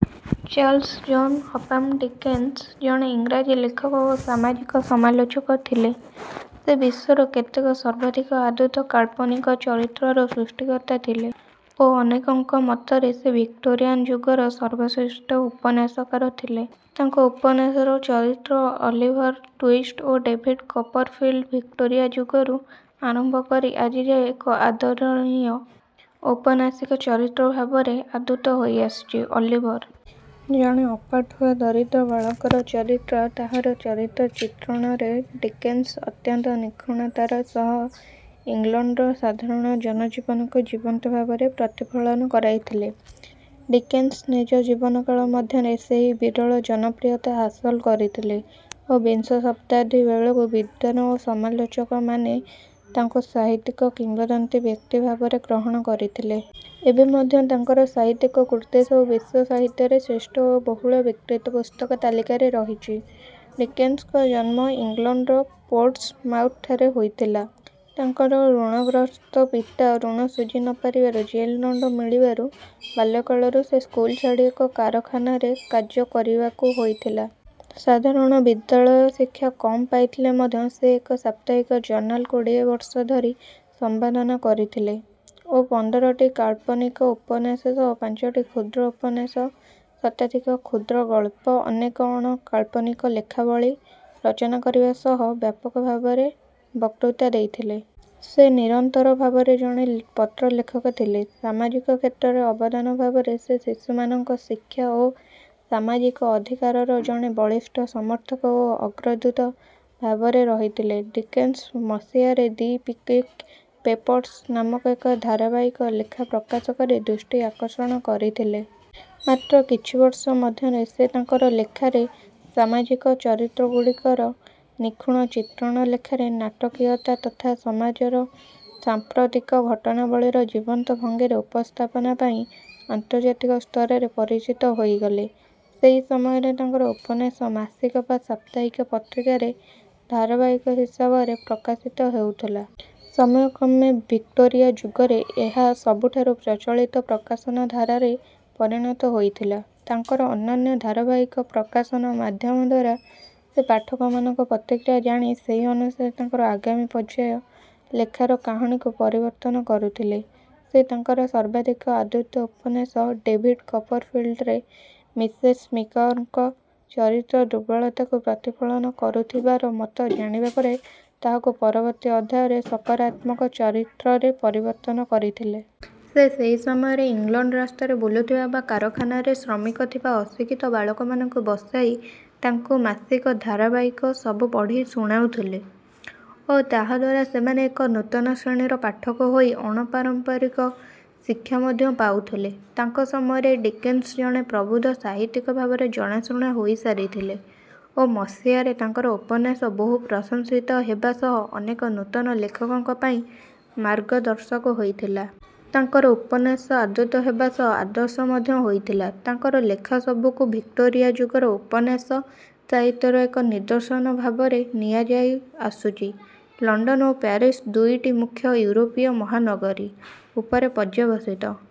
Charles John Huffam Dickens ଜଣେ ଇଂରାଜୀ ଲେଖକ ଓ ସାମାଜିକ ସମାଲୋଚକ ଥିଲେ। ସେ ବିଶ୍ୱର କେତେକ ସର୍ବାଧିକ ଆଦୃତ କାଳ୍ପନିକ ଚରିତ୍ରର ସୃଷ୍ଟିକର୍ତ୍ତା ଥିଲେ ଓ ଅନେକଙ୍କ ମତରେ ସେ ଭିକ୍ଟୋରିଆନ୍ ଯୁଗର ସର୍ବଶ୍ରେଷ୍ଠ ଉପନ୍ୟାସକାର ଥିଲେ। ତାଙ୍କ ଉପନ୍ୟାସର ଚରିତ୍ର ଅଲିଭର ଟ୍ୱିଷ୍ଟ ଓ ଡେଭିଡ୍ କପରଫିଲ୍ଡ ଭିକ୍ଟୋରିଆ ଯୁଗରୁ ଆରମ୍ଭ କରି ଆଜିଯାଏ ଏକ ଆଦରଣୀୟ ଔପନ୍ୟାସିକ ଚରିତ୍ର ଭାବରେ ଆଦୃତ ହୋଇଆସିଚି। ଅଲିଭର ଜଣେ ଅପାଠୁଆ ଦରିଦ୍ର ବାଳକର ଚରିତ୍ର। ତାହାର ଚରିତ୍ର ଚିତ୍ରଣରେ ଡିକେନ୍ସ ଅତ୍ୟନ୍ତ ନିଖୁଣତାର ସହ ଇଂଲଣ୍ଡର ସାଧାରଣ ଜନଜୀବନକୁ ଜୀବନ୍ତ ଭାବରେ ପ୍ରତିଫଳନ କରାଇଥିଲେ। ଡିକେନ୍ସ ନିଜ ଜୀବନକାଳ ମଧ୍ୟରେ ସେହି ବିରଳ ଜନପ୍ରିୟତା ହାସଲ କରିଥିଲେ ଓ ବିଂଶ ଶତାବ୍ଦୀ ବେଳକୁ ବିଦ୍ୱାନ ଓ ସମାଲୋଚକମାନେ ତାଙ୍କୁ ସାହିତ୍ୟିକ କିମ୍ବଦନ୍ତୀ ବ୍ୟକ୍ତି ଭାବରେ ଗ୍ରହଣ କରିଥିଲେ। ଏବେ ମଧ୍ୟ ତାଙ୍କର ସାହିତ୍ୟିକ କୃତିସବୁ ବିଶ୍ୱ ସାହିତ୍ୟରେ ଶ୍ରେଷ୍ଠ ଓ ବହୁଳ ବିକ୍ରୀତ ପୁସ୍ତକ ତାଲିକାରେ ରହିଚି। ଡିକେନ୍ସଙ୍କ ଜନ୍ମ ଇଂଲଣ୍ଡର ପୋର୍ଟ୍ସମାଉଥ୍‌ଠାରେ ହୋଇଥିଲା। ତାଙ୍କର ଋଣଗ୍ରସ୍ତ ପିତା ଋଣ ଶୁଝି ନ ପାରିବାରୁ ଜେଲ୍ ଦଣ୍ଡ ମିଳିବାରୁ, ବାଲ୍ୟକାଳରୁ ସେ ସ୍କୁଲ ଛାଡ଼ି ଏକ କାରଖାନାରେ କାର୍ଯ୍ୟ କରିବାକୁ ହୋଇଥିଲା। ସାଧାରଣ ବିଦ୍ୟାଳୟ ଶିକ୍ଷା କମ୍ ପାଇଥିଲେ ମଧ୍ୟ ସେ ଏକ ସାପ୍ତାହିକ ଜର୍ନାଲ୍ କୋଡ଼ିଏ ବର୍ଷ ଧରି ସମ୍ପାଦନା କରିଥିଲେ ଓ ପନ୍ଦରଟି କାଳ୍ପନିକ ଉପନ୍ୟାସ ସହ ପାଞ୍ଚଟି କ୍ଷୁଦ୍ର ଉପନ୍ୟାସ, ଶତାଧିକ କ୍ଷୁଦ୍ରଗଳ୍ପ, ଅନେକ ଅଣ-କାଳ୍ପନିକ ଲେଖାବଳୀ ରଚନା କରିବା ସହ ବ୍ୟାପକ ଭାବରେ ବକ୍ତୃତା ଦେଇଥିଲେ। ସେ ନିରନ୍ତର ଭାବରେ ଜଣେ ପତ୍ରଲେଖକ ଥିଲେ। ସାମାଜିକ କ୍ଷେତ୍ରରେ ଅବଦାନ ଭାବରେ ସେ ଶିଶୁମାନଙ୍କ ଶିକ୍ଷା ଓ ସାମାଜିକ ଅଧିକାରର ଜଣେ ବଳିଷ୍ଠ ସମର୍ଥକ ଓ ଅଗ୍ରଦୂତ ଭାବରେ ରହିଥିଲେ। ଡିକେନ୍ସ ମସିହାରେ ଦି ପିକ୍‌ୱିକ୍ ପେପର୍ସ ନାମକ ଏକ ଧାରାବାହିକ ଲେଖା ପ୍ରକାଶ କରି ଦୃଷ୍ଟି ଆକର୍ଷଣ କରିଥିଲେ। ମାତ୍ର କିଛି ବର୍ଷ ମଧ୍ୟରେ ସେ ତାଙ୍କର ଲେଖାରେ ସାମାଜିକ ଚରିତ୍ରଗୁଡ଼ିକର ନିଖୁଣ ଚିତ୍ରଣ, ଲେଖାରେ ନାଟକୀୟତା ତଥା ସମାଜର ସାଂପ୍ରତିକ ଘଟଣାବଳୀର ଜୀବନ୍ତ ଭଙ୍ଗୀରେ ଉପସ୍ଥାପନା ପାଇଁ ଅନ୍ତର୍ଜାତିକ ସ୍ତରରେ ପରିଚିତ ହୋଇଗଲେ। ସେହି ସମୟରେ ତାଙ୍କର ଉପନ୍ୟାସ ମାସିକ ବା ସାପ୍ତାହିକ ପତ୍ରିକାରେ ଧାରାବାହିକ ହିସାବରେ ପ୍ରକାଶିତ ହେଉଥିଲା। ସମୟକ୍ରମେ ଭିକ୍ଟୋରିଆ ଯୁଗରେ ଏହା ସବୁଠାରେ ପ୍ରଚଳିତ ପ୍ରକାଶନ ଧାରାରେ ପରିଣତ ହୋଇଥିଲା। ତାଙ୍କର ଅନନ୍ୟ ଧାରାବାହିକ ପ୍ରକାଶନ ମାଧ୍ୟମ ଦ୍ୱାରା ସେ ପାଠକମାନଙ୍କ ପ୍ରତିକ୍ରିୟା ଜାଣି ସେହି ଅନୁସାରେ ତାଙ୍କର ଆଗାମୀ ପର୍ଯ୍ୟାୟ ଲେଖାର କାହାଣୀକୁ ପରିବର୍ତ୍ତନ କରୁଥିଲେ। ସେ ତାଙ୍କର ସର୍ବାଧିକ ଆଦୃତ ଉପନ୍ୟାସ "ଡେଭିଡ୍ କପରଫିଲ୍ଡ"ରେ "ମିସେସ୍ ମିକାୱର"ଙ୍କ ଚରିତ୍ର ଦୁର୍ବଳତାକୁ ପ୍ରତିଫଳନ କରୁଥିବାର ମତ ଜାଣିବା ପରେ ତାହାକୁ ପରବର୍ତ୍ତୀ ଅଧ୍ୟାୟରେ ସକାରାତ୍ମକ ଚରିତ୍ରରେ ପରିବର୍ତ୍ତନ କରିଥିଲେ। ସେ ସେହି ସମୟରେ ଇଂଲଣ୍ଡ ରାସ୍ତାରେ ବୁଲୁଥିବା ବା କାରଖାନାରେ ଶ୍ରମିକ ଥିବା ଅଶିକ୍ଷିତ ବାଳକମାନଙ୍କୁ ବସାଇ ତାଙ୍କୁ ମାସିକ ଧାରାବାହିକ ସବୁ ପଢ଼ି ଶୁଣାଉଥିଲେ ଓ ତାହାଦ୍ୱାରା ସେମାନେ ଏକ ନୂତନ ଶ୍ରେଣୀର ପାଠକ ହୋଇ ଅଣପାରମ୍ପରିକ ଶିକ୍ଷା ମଧ୍ୟ ପାଉଥିଲେ। ତାଙ୍କ ସମୟରେ ଡିକେନ୍ସ ଜଣେ ପ୍ରବୁଦ୍ଧ ସାହିତ୍ୟିକ ଭାବରେ ଜଣାଶୁଣା ହୋଇସାରିଥିଲେ ଓ ମସିହାରେ ତାଙ୍କର ଉପନ୍ୟାସ ବହୁ ପ୍ରଶଂସିତ ହେବା ସହ ଅନେକ ନୂତନ ଲେଖକଙ୍କ ପାଇଁ ମାର୍ଗଦର୍ଶକ ହୋଇଥିଲା। ତାଙ୍କର ଉପନ୍ୟାସ ଆଦୃତ ହେବା ସହ ଆଦର୍ଶ ମଧ୍ୟ ହୋଇଥିଲା। ତାଙ୍କର ଲେଖାସବୁକୁ ଭିକ୍ଟୋରିଆ ଯୁଗର ଉପନ୍ୟାସ ସାହିତ୍ୟର ଏକ ନିଦର୍ଶନ ଭାବରେ ନିଆଯାଇଆସୁଚି। ଲଣ୍ଡନ ଓ ପ୍ୟାରିସ୍ ଦୁଇଟି ମୁଖ୍ୟ ୟୁରୋପୀୟ ମହାନଗରୀ ଉପରେ ପର୍ଯ୍ୟବସିତ..